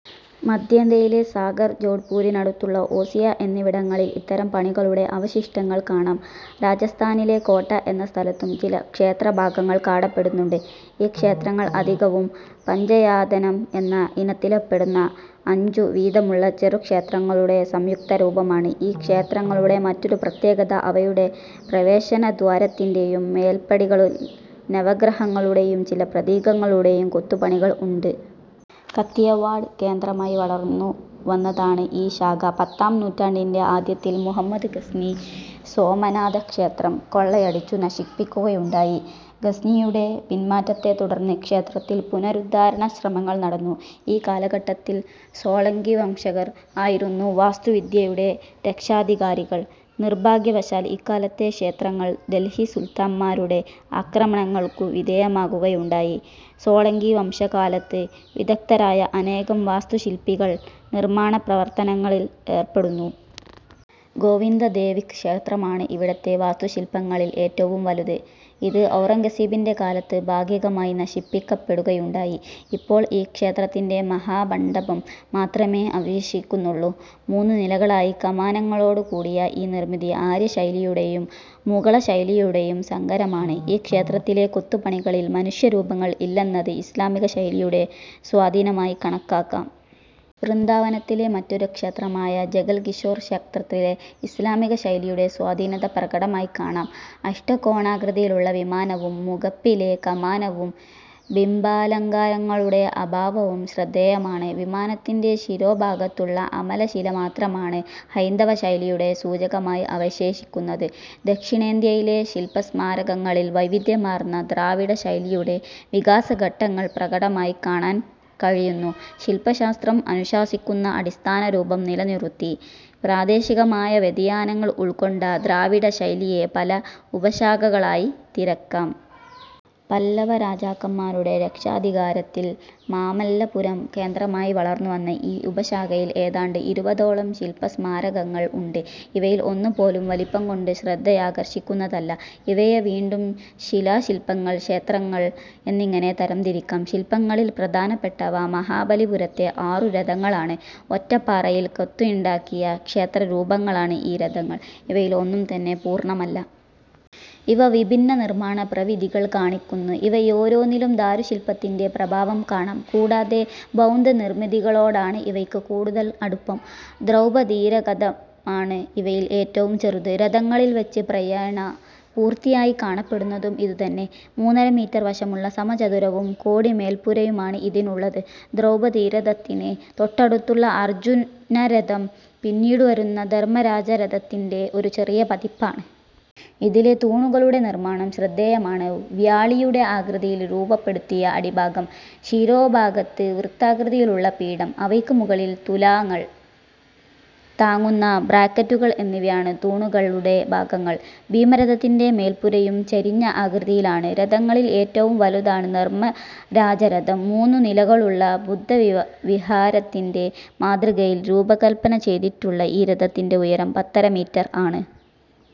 മദ്ധ്യേന്ത്യയിലെ സാഗർ, ജോഡ്പൂരിനടുത്തുള്ള ഓസിയ എന്നിവിടങ്ങളിൽ ഇത്തരം പണികളുടെ അവശിഷ്ടങ്ങൾ കാണാം. രജസ്ഥാനിലെ കോട്ട എന്ന സ്ഥലത്തും ചില ക്ഷേത്രഭാഗങ്ങൾ കാണപ്പെടുന്നുണ്ട്. ഈ ക്ഷേത്രങ്ങൾ അധികവും പഞ്ചയാതനം എന്ന ഇനത്തില്പെടുന്ന അഞ്ചു വീതമുള്ള ചെറുക്ഷേത്രങ്ങളുടെ സംയുക്തരൂപമാണ്. ഈ ക്ഷേത്രങ്ങളുടെ മറ്റൊരു പ്രത്യേകത അവയുടെ പ്രവേശനദ്വാരത്തിന്റെ മേല്പടികളിൽ നവഗ്രഹങ്ങളുടെയും ചില പ്രതീകങ്ങളുടെയും കൊത്തുപണികൾ ഉണ്ട്. കത്തിയവാഡ് കേന്ദ്രമായി വളർന്നുവന്നതാണ് ഈ ശാഖ. പത്താം നൂറ്റാണ്ടിന്റെ ആദ്യത്തിൽ മുഹമ്മദ് ഗസ്നി സോമനാഥ ക്ഷേത്രം കൊള്ളയടിച്ചു നശിപ്പിക്കുകയുണ്ടായി. ഗസ്നിയുടെ പിന്മാറ്റത്തെത്തുടർന്ന് ക്ഷേത്രത്തിൽ പുനരുദ്ധാരണശ്രമങ്ങൾ നടന്നു. ഈ കലഘട്ടത്തിൽ സോളങ്കിവംശക്കാർ ആയിരുന്നു വാസ്തുവിദ്യയുടെ രക്ഷാധികാരികൾ. നിർഭാഗ്യവശാൽ ഇക്കാലത്തെ ക്ഷേത്രങ്ങൾ ഡൽഹി സുൽത്താന്മാരുടെ ആക്രമണങ്ങൾക്കു വിധേയമാകുകയുണ്ടായി. സോളങ്കിവംശക്കാലത്ത് വിദഗ്ദ്ധരായ അനേകം വാസ്തുശില്പികൾ നിർമ്മാണപ്രവർത്ത്നങ്ങളിൽ ഏർപ്പെട്ടിരുന്നു. ഗോവിന്ദദേവിക് ക്ഷേത്രമാണ് ഇവിടത്തെ വാസ്തുശില്പങ്ങളിൽ ഏറ്റവും വലുത്. ഇത് ഔറംഗസീബിന്റെ കാലത്ത് ഭാഗികമായി നശിപ്പിക്കപെടുകയുണ്ടായി. ഇപ്പോൾ ഈ ക്ഷേത്രത്തിന്റെ മഹാമണ്ഡപം മാത്രമേ അവശേഷിക്കുന്നുള്ളു. മൂന്നുനിലകളിലായി കമാനങ്ങളോടുകൂടിയ ഈ നിർമിതി ആര്യശൈലിയുടെയും മുഗളശൈലിയുടെയും സങ്കരമാണ്. ഈ ക്ഷേത്രത്തിലെ കൊത്തുപണികളിൽ മനുഷ്യരൂപങ്ങൾ ഇല്ലെന്നത് ഇസ്ലാമിക ശൈലിയുടെ സ്വാധീനമായി കണക്കാക്കാം. വൃന്ദാവനത്തിലെ മറ്റൊരു ക്ഷേത്രമായ ജഗൽകിഷോർ ക്ഷേത്രത്തിൽ ഇസ്ലാമിക ശൈലിയുടെ സ്വാധീനത പ്രകടമായി കാണാം. അഷ്ടകോണാകൃതിയിലുള്ള വിമാനവും മുഖപ്പിലെ കമാനവും ബിംബാലങ്കാരങ്ങളുടെ അഭാവവും ശ്രദ്ധേയമാണ്. വിമാനത്തിന്റെ ശിരോഭാഗത്തുള്ള അമലശില മാത്രമാണ് ഹൈന്ദവശൈലിയുടെ സൂചകമായി അവശേഷിക്കുന്നത്. ദക്ഷിണേന്ത്യയിലെ ശില്പസ്മാരകങ്ങളിൽ വൈവിധ്യമാർന്ന ദ്രാവിഡശൈലിയുടെ വികാസഘട്ടങ്ങൾ പ്രകടമായി കാണാൻ കഴിയുന്നു. ശില്പശാസ്ത്രം അനുശാസിക്കുന്ന അടിസ്ഥാന രൂപം നിലനിറുത്തി പ്രാദേശികമായ വ്യതിയാനങ്ങൾ ഉൾക്കൊണ്ട ദ്രാവിഡശൈലിയെ പല ഉപശാഖകളായി തിരിക്കാം. പല്ലവരാജാക്കന്മാരുടെ രക്ഷാധികാരത്തിൽ മാമല്ലപുരം കേന്ദ്രമായി വളർന്നുവന്ന ഈ ഉപശാഖയിൽ ഏതാണ്ട് ഇരുപതോളം ശില്പസ്മാരകങ്ങൾ ഉണ്ട്. ഇവയിൽ ഒന്നുപോലും വലിപ്പംകൊണ്ട് ശ്രദ്ധയാകർഷിക്കുന്നതല്ല. ഇവയെ വീണ്ടും ശിലാശില്പങ്ങൾ, ക്ഷേത്രങ്ങൾ എന്നിങ്ങനെ തരംതിരിക്കാം. ശില്പങ്ങളിൽ പ്രധാനപ്പെട്ടവ മഹാബലിപുരത്തെ ആറു രഥങ്ങളാണ്: ഒറ്റപ്പാറയിൽ കൊത്തിയുണ്ടാക്കിയ ക്ഷേത്രരൂപങ്ങളാണ് ഈ രഥങ്ങൾ. ഇവയിൽ ഒന്നും തന്നെ പൂർണമല്ല. ഇവ വിഭിന്ന നിർമ്മാണ പ്രവിധികൾ കാണിക്കുന്നു. ഇവയോരോന്നിലും ദാരുശില്പത്തിന്റെ പ്രഭാവം കാണാം. കൂടാതെ ബൗദ്ധനിർമിതികളൊടാണ് ഇവയ്ക്ക് കൂടുതൽ അടുപ്പം. ദ്രൗപതീരഥമാണ് ഇവയിൽ ഏറ്റവും ചെറുത്; രഥങ്ങളിൽവച്ച് പ്രായേണ പൂർത്തിയായി കാണപ്പെടുന്നതും ഇതുതന്നെ. മൂന്നരമീറ്റർ വശമുള്ള സമചതുരവും കോടിമേല്പുരയുമാണ് ഇതിനുള്ളത്. ദ്രൗപതീരഥത്തിന് തൊട്ടടുത്തുള്ള അർജ്ജുനരഥം പിന്നീടുവരുന്ന ധർമരാജരഥത്തിന്റെ ഒരു ചെറിയ പതിപ്പാണ്. ഇതിലെ തൂണുകളുടെ നിർമ്മാണം ശ്രദ്ധേയമാണ്. വ്യാളിയുടെ ആകൃതിയിൽ രൂപപ്പെടുത്തിയ അടിഭാഗം, ശിരോഭാഗത്ത് വൃത്താകൃതിയിലുള്ള പീഠം അവയ്ക്ക് മുകളിൽ തുലാങ്ങൾ താങ്ങുന്ന ബ്രാക്കറ്റുകൾ എന്നിവയാണ് തൂണുകളുടെ ഭാഗങ്ങൾ. ഭീമരഥത്തിന്റെ മേല്പുരയും ചരിഞ്ഞ ആകൃതിയിലാണ്. രഥങ്ങളിൽ ഏറ്റവും വലുതാണ് ധർമരാജരഥം. മൂന്നുനിലകളുള്ള ബുദ്ധവിഹാരത്തിന്റെ മാതൃകയിൽ രൂപകല്പനച്യ്തിട്ടുള്ള ഈ രഥത്തിന്റെ ഉയരം പത്തര മീറ്റർ ആണ്.